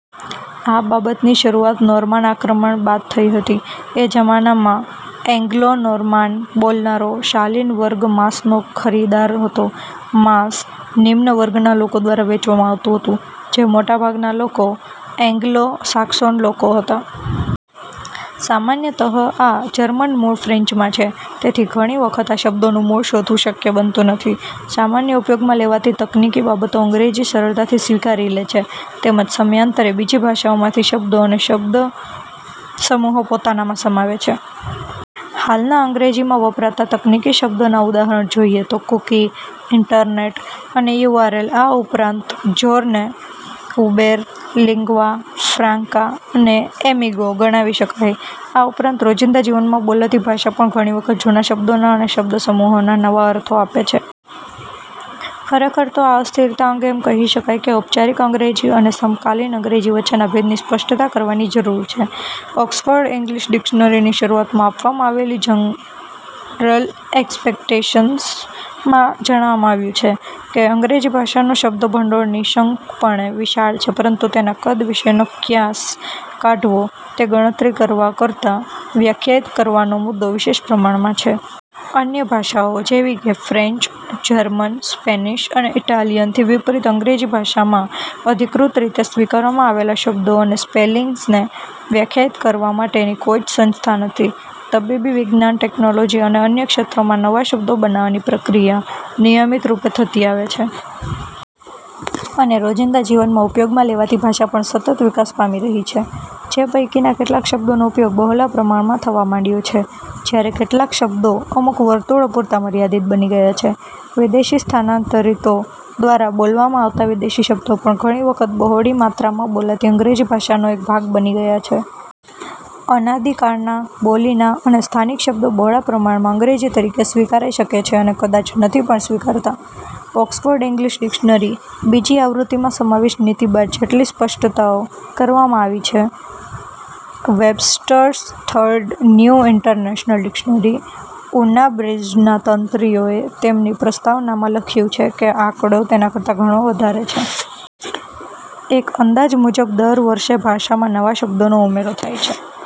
આ બાબતની શરૂઆત નોર્માન આક્રમણ બાદ થઇ હતી. એ જમાનામાં એન્ગ્લો-નોર્માન બોલનારો શાલિન વર્ગ માંસનો ખરીદાર હતો. માંસ નિમ્ન વર્ગના લોકો દ્વારા વેચવામાં આવતું હતું. જે મોટા ભાગના લોકો એન્ગ્લો સાક્સોન લોકો હતા. સામાન્યતઃ આ જર્મન મૂળ ફ્રેન્ચમાં છે તેથી ઘણી વખત આ શબ્દોનું મૂળ શોધવું શક્ય બનતું નથી. સામાન્ય ઉપયોગમાં લેવાતી તકનિકી બાબતો અંગ્રેજી સરળતાથી સ્વીકારી લે છે. તેમજ સમયાંતરે બીજી ભાષાઓમાંથી શબ્દો અને શબ્દ સમૂહો પોતાનામાં સમાવે છે. હાલના અંગ્રેજીમાં વપરાતા તકનિકી શબ્દોનાં ઉદાહરણ જોઇએ તો કૂકી, ઇન્ટરનેટ અને યુઆરએલ આ ઉપરાંત જોર્ને, ઉબેર, લિન્ગ્વા ફ્રાન્કા અને એમિગો ગણાવી શકાય આ ઉપરાંત રોજિંદા જીવનમાં બોલાતી ભાષા પણ ઘણી વખત જૂના શબ્દોના અને શબ્દ સમૂહોના નવા અર્થો આપે છે. ખરેખર તો આ અસ્થિરતા અંગે એમ કહી શકાય કે ઔપચારિક અંગ્રેજી અને સમકાલિન અંગ્રેજી વચ્ચેના ભેદની સ્પષ્ટતા કરવાની જરૂર છે. ઓક્સફર્ડ ઇન્ગલિશ ડિક્શનરી ની શરૂઆતમાં આપવામાં આવેલી જનરલ એક્સપેક્ટેશન્સ માં ઝણાવવામાં આવ્યું છે કે: અંગ્રેજી ભાષાનો શબ્દભંડોળ નિઃશંકપણે વિશાળ છે પરંતુ તેના કદ વિશેનો ક્યાસ કાઢવો તે ગણતરી કરવા કરતાં વ્યાખ્યાયિત કરવાનો મુદ્દો વિશેષ પ્રમાણમાં છે. અન્ય ભાષાઓ જેવી કે ફ્રેન્ચ, જર્મન, સ્પેનિશ, અને ઇટાલિયન થી વિપરીત અંગ્રેજી ભાષામાં અધિકૃત રીતે સ્વીકારવામાં આવેલા શબ્દો અને સ્પેલિંગ્સને વ્યાખ્યાયિત કરવા માટેની કોઇ જ સંસ્થા નથી. તબીબી, વિજ્ઞાન, ટેકનોલોજી અને અન્ય ક્ષેત્રોમાં નવા શબ્દો બનાવવાની પ્રક્રિયા નિયમિતરૂપે થતી આવે છે. અને રોજિંદા જીવનમાં ઉપયોગમાં લેવાતી ભાષા પણ સતત વિકાસ પામી રહી છે. જે પૈકીના કેટલાક શબ્દોનો ઉપયોગ બહોલા પ્રમાણમાં થવા માંડ્યો છે; જ્યારે કેટલાક શબ્દો અમુક વર્તુળો પૂરતા મર્યાદિત બની ગયા છે. વિદેશી સ્થાનાંતરિતો દ્વારા બોલવામાં આવતા વિદેશી શબ્દો પણ ઘણી વખત બહોળી માત્રામાં બોલાતી અંગ્રેજી ભાષાનો એક ભાગ બની ગયા છે. અનાદિકાળના, બોલીના અને સ્થાનિક શબ્દો બહોળા પ્રમાણમાં "અંગ્રેજી" તરીકે સ્વીકારાઇ શકે છે અને કદાચ નથી પણ સ્વીકારાતા. ઓક્સફર્ડ ઇન્ગલિશ ડિક્શનરી, બીજી આવૃત્તિ માં સમાવિષ્ટ નીતિ બાદ જેટલી સ્પષ્ટતાઓ કરવામાં આવી છે. Webster's Third New International Dictionary, Unabridged ના તંત્રીઓએ તેમની પ્રસ્તાવનામાં લખ્યું છે કે આંકડો તેના કરતાં ઘણો વધારે છે. એક અંદાજ મુજબ દર વર્ષે ભાષામાં નવા શબ્દોનો ઉમેરો થાય છે.